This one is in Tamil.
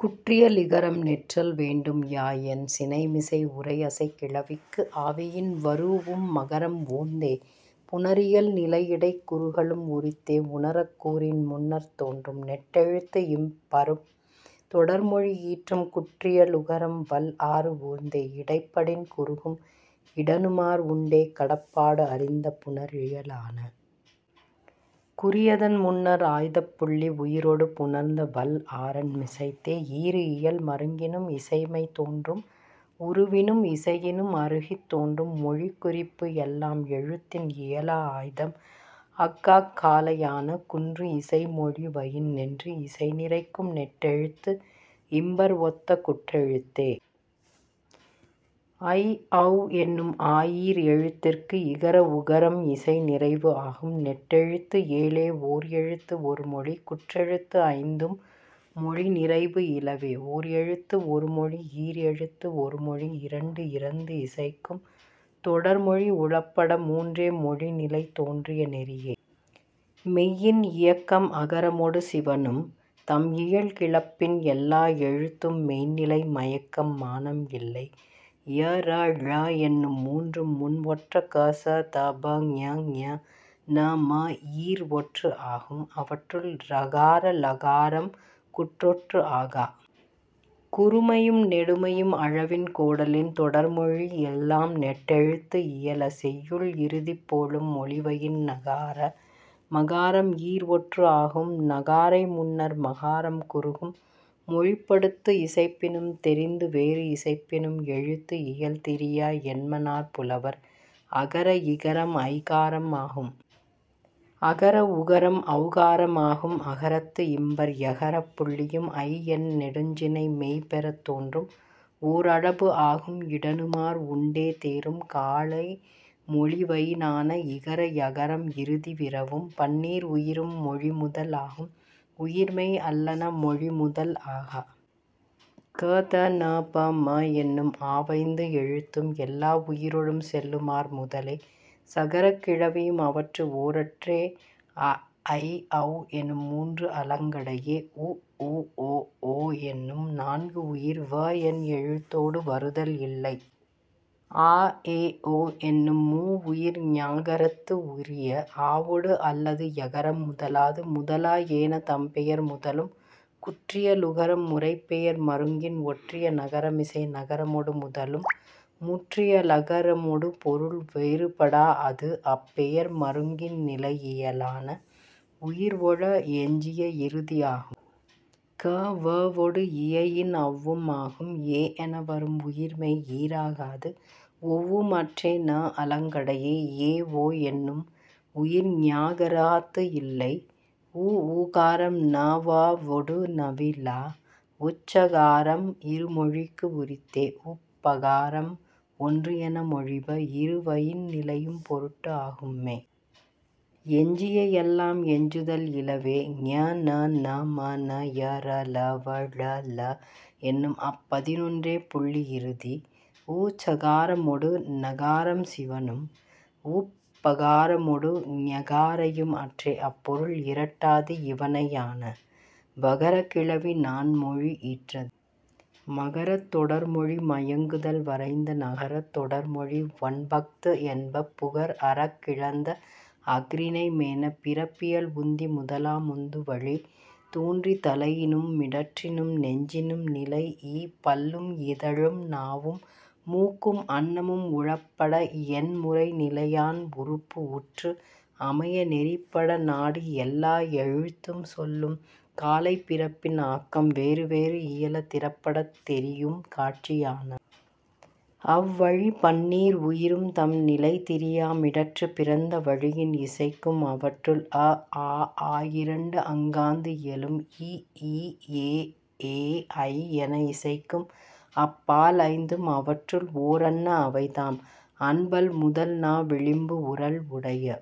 குற்றியலிகரம் நிற்றல் வேண்டும் யா என் சினைமிசை உரையசைக் கிளவிக்கு ஆவயின் வரூஉம் மகரம் ஊர்ந்தே. புணரியல் நிலையிடைக் குறுகலும் உரித்தே உணரக் கூறின் முன்னர்த் தோன்றும். நெட்டெழுத்து இம்பரும் தொடர்மொழி ஈற்றும் குற்றியலுகரம் வல் ஆறு ஊர்ந்தே. இடைப்படின் குறுகும் இடனுமார் உண்டே கடப்பாடு அறிந்த புணரியலான. குறியதன் முன்னர் ஆய்தப் புள்ளி உயிரொடு புணர்ந்த வல் ஆறன் மிசைத்தே. ஈறு இயல் மருங்கினும் இசைமை தோன்றும். உருவினும் இசையினும் அருகித் தோன்றும் மொழிக் குறிப்பு எல்லாம் எழுத்தின் இயலா ஆய்தம் அஃகாக் காலையான. குன்று இசை மொழிவயின் நின்று இசை நிறைக்கும் நெட்டெழுத்து இம்பர் ஒத்த குற்றெழுத்தே. ஐ ஔ என்னும் ஆயீர் எழுத்திற்கு இகர உகரம் இசை நிறைவு ஆகும். நெட்டெழுத்து ஏழே ஓர் எழுத்து ஒருமொழி. குற்றெழுத்து ஐந்தும் மொழி நிறைபு இலவே. ஓர் எழுத்து ஒருமொழி ஈர் எழுத்து ஒருமொழி இரண்டு இறந்து இசைக்கும் தொடர்மொழி உளப்பட மூன்றே மொழி நிலை தோன்றிய நெறியே. மெய்யின் இயக்கம் அகரமொடு சிவணும். தம் இயல் கிளப்பின் எல்லா எழுத்தும் மெய்ந் நிலை மயக்கம் மானம் இல்லை. ய ர ழ என்னும் மூன்றும் முன் ஒற்ற க ச த ப ங ஞ ந ம ஈர் ஒற்று ஆகும். அவற்றுள், ரகார ழகாரம் குற்றொற்று ஆகா. குறுமையும் நெடுமையும் அளவின் கோடலின் தொடர்மொழி எல்லாம் நெட்டெழுத்து இயல. செய்யுள் இறுதிப் போலும் மொழிவயின் னகார மகாரம் ஈர் ஒற்று ஆகும். னகாரை முன்னர் மகாரம் குறுகும். மொழிப்படுத்து இசைப்பினும் தெரிந்து வேறு இசைப்பினும் எழுத்து இயல் திரியா என்மனார் புலவர். அகர இகரம் ஐகாரம் ஆகும். அகர உகரம் ஔகாரம் ஆகும். அகரத்து இம்பர் யகரப் புள்ளியும் ஐ என் நெடுஞ் சினை மெய் பெறத் தோன்றும். ஓர் அளபு ஆகும் இடனுமார் உண்டே தேரும் காலை மொழிவயினான. இகர யகரம் இறுதி விரவும். பன்னீர் உயிரும் மொழி முதல் ஆகும். உயிர் மெய் அல்லன மொழி முதல் ஆகா. க த ந ப ம எனும் ஆவைந்து எழுத்தும் எல்லா உயிரொடும் செல்லுமார் முதலே. சகரக் கிளவியும் அவற்று ஓரற்றே அ ஐ ஔ எனும் மூன்று அலங்கடையே. உ ஊ ஒ ஓ என்னும் நான்கு உயிர் வ என் எழுத்தொடு வருதல் இல்லை. ஆ எ ஒ எனும் மூ உயிர் ஞகாரத்து உரிய. ஆவொடு அல்லது யகரம் முதலாது. முதலா ஏன தம் பெயர் முதலும். குற்றியலுகரம் முறைப்பெயர் மருங்கின் ஒற்றிய நகரமிசை நகரமொடு முதலும். முற்றியலகரமொடு பொருள் வேறுபடாஅது அப் பெயர் மருங்கின் நிலையியலான. உயிர் ஔ எஞ்சிய இறுதி ஆகும். க வவொடு இயையின் ஔவும் ஆகும். எ என வரும் உயிர் மெய் ஈறாகாது. ஒவ்வும் அற்றே ந அலங்கடையே. ஏ ஒ எனும் உயிர் ஞகாராத்து இல்லை. உ ஊகாரம் ந வவொடு நவிலா. உச் சகாரம் இரு மொழிக்கு உரித்தே. உப் பகாரம் ஒன்று என மொழிப இரு வயின் நிலையும் பொருட்டு ஆகும்மே. எஞ்சிய எல்லாம் எஞ்சுதல் இலவே. ஞ ண ந ம ன ய ர ல வ ழ ள என்னும் அப் பதினொன்றே புள்ளி இறுதி. உச் சகாரமொடு நகாரம் சிவணும். உப் பகாரமொடு ஞகாரையும் அற்றே அப் பொருள் இரட்டாது இவணையான. வகரக் கிளவி நான் மொழி ஈற்றது. மகரத் தொடர்மொழி மயங்குதல் வரைந்த னகரத் தொடர்மொழி ஒன்பஃது என்ப புகர் அறக் கிளந்த அஃறிணை மேன.. பிறப்பியல் உந்தி முதலா முந்து வளி தோன்றி தலையினும் மிடற்றினும் நெஞ்சினும் நிலைஇ பல்லும் இதழும் நாவும் மூக்கும் அண்ணமும் உளப்பட எண் முறை நிலையான் உறுப்பு உற்று அமைய நெறிப்பட நாடி எல்லா எழுத்தும் சொல்லும் காலை பிறப்பின் ஆக்கம் வேறு வேறு இயல திறப்படத் தெரியும் காட்சியான. அவ் வழி, பன்னீர் உயிரும் தம் நிலை திரியா மிடற்றுப் பிறந்த வளியின் இசைக்கும். அவற்றுள், அ ஆ ஆயிரண்டு அங்காந்து இயலும். இ ஈ எ ஏ ஐ என இசைக்கும் அப் பால் ஐந்தும் அவற்று ஓரன்ன அவைதாம், அண்பல் முதல் நா விளிம்பு உறல் உடைய.